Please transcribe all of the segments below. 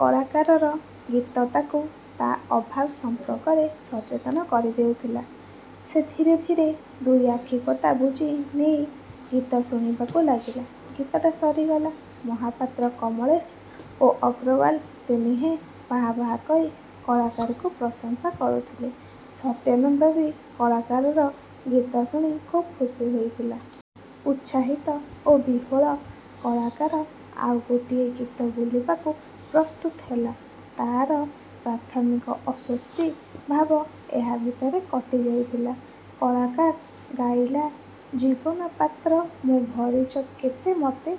କଳାକାରର ଗୀତ ତାକୁ ତା ଅଭାବ ସମ୍ପର୍କରେ ସଚେତନ କରିଦେଉଥିଲା। ସେ ଧୀରେ ଧୀରେ ଦୁଇ ଆଖିପତା ବୁଜି ନେଇ ଗୀତ ଶୁଣିବାକୁ ଲାଗିଲା। ଗୀତଟା ସରିଗଲା। ମହାପାତ୍ର, କମଳେଶ ଓ ଅଗ୍ରୱାଲ ତିନିହେଁ ବାଃ ବାଃ କହି, କଳାକାରକୁ ପ୍ରଶଂସା କରୁଥିଲେ। ସତ୍ୟାନନ୍ଦ ବି କଳାକାରର ଗୀତ ଶୁଣି ଖୁବ୍ ଖୁସି ହୋଇଥିଲା। ଉତ୍ସାହିତ ଓ ବିହ୍ୱଳ କଳାକାର ଆଉ ଗୋଟିଏ ଗୀତ ବୋଲିବାକୁ ପ୍ରସ୍ତୁତ ହେଲା। ତାର ପ୍ରାଥମିକ ଅସ୍ୱସ୍ତି ଭାବ ଏହା ଭିତରେ କଟିଯାଇଥିଲା। କଳାକାର ଗାଇଲା ଜୀବନ ପାତ୍ର ମୋ ଭରିଛ କେତେମତେ,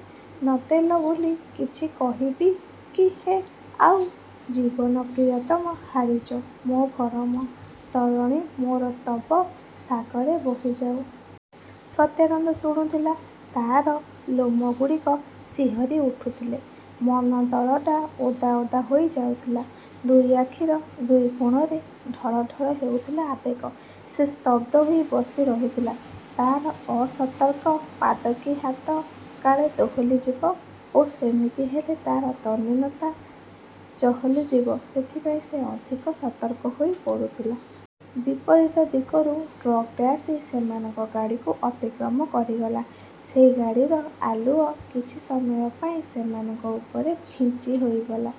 ନଦେଲ ବୋଲି କିଛି କହିବି କି ହେ ଆଉ, ଜୀବନ ପ୍ରିୟତମ ହାରିଛ ମୋ ଭରମ, ତରଣୀ ମୋର ତବ ସାଗରେ ବହିଯାଉ। ସତ୍ୟାନନ୍ଦ ଶୁଣୁଥିଲା। ତାର ଲୋମଗୁଡ଼ିକ ଶିହରି ଉଠୁଥିଲେ। ମନତଳଟା ଓଦା ଓଦା ହୋଇ ଯାଉଥିଲା, ଦୁଇ ଆଖିର ଦୁଇକୋଣରେ ଢଳ ଢଳ ହେଉଥିଲା ଆବେଗ। ସେ ସ୍ତବ୍ଧ ହୋଇ ବସି ରହିଥିଲା। ତାର ଅସତର୍କ ପାଦ କି ହାତ କାଳେ ଦୋହଲିଯିବ ଓ ସେମିତି ହେଲେ ତାର ତଲ୍ଲୀନତା ଚହଲିଯିବ ସେଥିପାଇଁ ସେ ଅଧିକ ସତର୍କ ହୋଇ ପଡ଼ୁଥିଲା। ବିପରୀତ ଦିଗରୁ ଟ୍ରକଟେ ଆସି ସେମାନଙ୍କ ଗାଡ଼ିକୁ ଅତିକ୍ରମ କରିଗଲା। ସେଇ ଗାଡ଼ିର ଆଲୁଅ କିଛି ସମୟ ପାଇଁ ସେମାନଙ୍କ ଉପରେ ବିଞ୍ଚି ହୋଇଗଲା।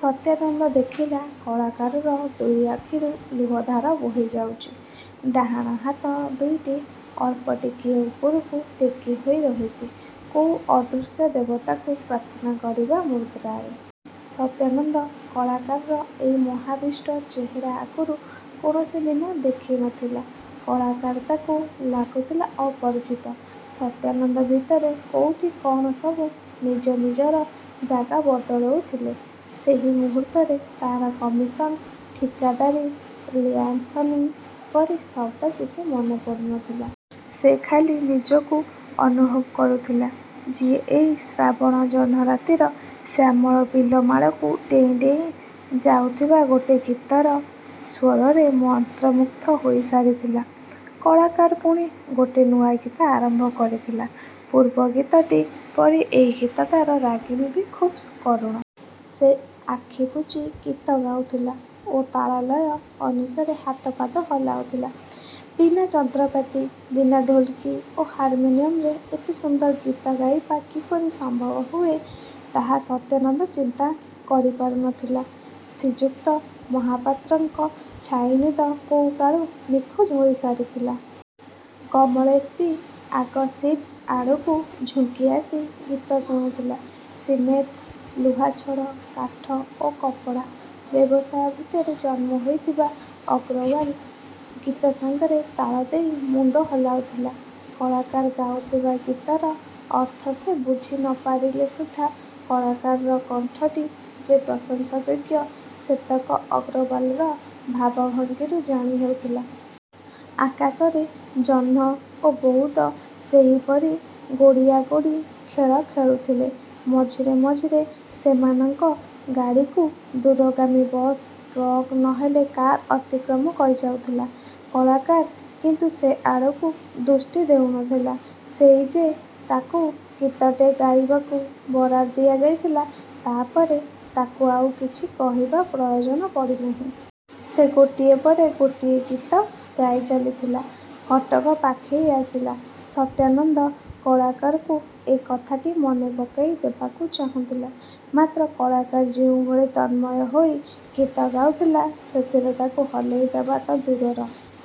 ସତ୍ୟାନନ୍ଦ ଦେଖିଲା, କଳାକାରର ଦୁଇଆଖିରୁ ଲୁହଧାର ବୋହିଯାଉଛି। ଡାହାଣ ହାତ ଦୁଇଟି ଅଳ୍ପ ଟିକିଏ ଉପରକୁ ଟେକିହୋଇ ରହିଛି, କୋଉ ଅଦୃଶ୍ୟ ଦେବତାକୁ ପ୍ରାର୍ଥନା କରିବା ମୁଦ୍ରାରେ। ସତ୍ୟାନନ୍ଦ କଳାକାରର ଏଇ ମୋହାବିଷ୍ଟ ଚେହେରା ଆଗରୁ କୌଣସି ଦିନ ଦେଖି ନଥିଲା। କଳାକାର ତାକୁ ଲାଗୁଥିଲା ଅପରିଚିତ। ସତ୍ୟାନନ୍ଦ ଭିତରେ କୋଉଠି କଣ ସବୁ ନିଜ ନିଜର ଜାଗା ବଦଳଉଥିଲେ। ସେଇ ମୁହୂର୍ତ୍ତରେ ତାର କମିସନ୍, ଠିକାଦାରି, ଲିଆସନିଂ ପରି ଶବ୍ଦ କିଛି ମନେ ପଡ଼ୁନଥିଲା। ସେ ଖାଲି ନିଜକୁ ଅନୁଭବ କରୁଥିଲା, ଯିଏ ଏଇ ଶ୍ରାବଣ ଜହ୍ନରାତିର ଶ୍ୟାମଳ ବିଲମାଳକୁ ଡେଇଁ ଡେଇଁ ଯାଉଥିବା ଗୋଟେ ଗୀତର ସ୍ୱରରେ ମନ୍ତ୍ରମୁଗ୍ଧ ହୋଇସାରିଥିଲା। କଳାକାର ପୁଣି ଗୋଟେ ନୂଆ ଗୀତ ଆରମ୍ଭ କରିଥିଲା। ପୂର୍ବ ଗୀତଟି ପରି ଏଇ ଗୀତଟାର ରାଗିଣୀ ବି ଖୁବ୍ କରୁଣ। ସେ ଆଖିବୁଜି ଗୀତ ଗାଉଥିଲା ଓ ତାଳ ଲୟ ଅନୁସାରେ ହାତ ପାଦ ହଲାଉଥିଲା। ବିନା ଯନ୍ତ୍ରପାତି, ବିନା ଢୋଲକି ଓ ହାରମୋନିୟମରେ ଏତେ ସୁନ୍ଦର ଗୀତ ଗାଇବା କିପରି ସମ୍ଭବ ହୁଏ ତାହା ସତ୍ୟାନନ୍ଦ ଚିନ୍ତା କରିପାରୁ ନଥିଲା। ଶ୍ରୀଯୁକ୍ତ ମହାପାତ୍ରଙ୍କ ଛାଇନିଦ କୋଉକାଳୁ ନିଖୋଜ ହୋଇସାରିଥିଲା। କମଳେଶ ବି ଆଗ ସିଟ ଆଡ଼କୁ ଝୁଙ୍କି ଆସି ଗୀତ ଶୁଣୁଥିଲା। ସିମେଣ୍ଟ, ଲୁହାଛଡ଼, କାଠ ଓ କପଡ଼ା ବ୍ୟବସାୟ ଭିତରେ ଜନ୍ମ ହୋଇଥିବା ଅଗ୍ରୱାଲ ଗୀତ ସାଙ୍ଗରେ ତାଳ ଦେଇ ମୁଣ୍ଡ ହଲାଉଥିଲା। କଳାକାର ଗାଉଥିବା ଗୀତର ଅର୍ଥ ସେ ବୁଝି ନପାରିଲେ ସୁଦ୍ଧା କଳାକାରର କଣ୍ଠଟି ଯେ ପ୍ରଶଂସାଯୋଗ୍ୟ ସେତକ ଅଗ୍ରୱାଲର ଭାବଭଙ୍ଗୀରୁ ଜାଣି ହେଉଥିଲା। ଆକାଶରେ ଜହ୍ନ ଓ ବଉଦ ସେହିପରି ଗୋଡ଼ିଆଗୋଡ଼ି ଖେଳ ଖେଳୁଥିଲେ। ମଝିରେ ମଝିରେ ସେମାନଙ୍କ ଗାଡ଼ିକୁ ଦୂରଗାମୀ ବସ୍, ଟ୍ରକ୍, ନ ହେଲେ କାର ଅତିକ୍ରମ କରିଯାଉଥିଲା। କଳାକାର କିନ୍ତୁ ସେଆଡ଼କୁ ଦୃଷ୍ଟି ଦେଉନଥିଲା। ସେଇ ଯେ ତାକୁ ଗୀତଟେ ଗାଇବାକୁ ବରାଦ ଦିଆଯାଇଥିଲା, ତାପରେ ତାକୁ ଆଉ କିଛି କହିବା ପ୍ରୟୋଜନ ପଡ଼ିନାହିଁ। ସେ ଗୋଟିଏ ପରେ ଗୋଟିଏ ଗୀତ ଗାଇଚାଲିଥିଲା। କଟକ ପାଖେଇ ଆସିଲା। ସତ୍ୟାନନ୍ଦ କଳାକାରକୁ ଏ କଥାଟି ମନେ ପକେଇ ଦେବାକୁ ଚାହୁଁଥିଲା। ମାତ୍ର କଳାକାର ଯୋଉଭଳି ତନ୍ମୟ ହୋଇ ଗୀତ ଗାଉଥିଲା ସେଥିରେ ତାକୁ ହଲେଇଦେବା ତ ଦୂରର।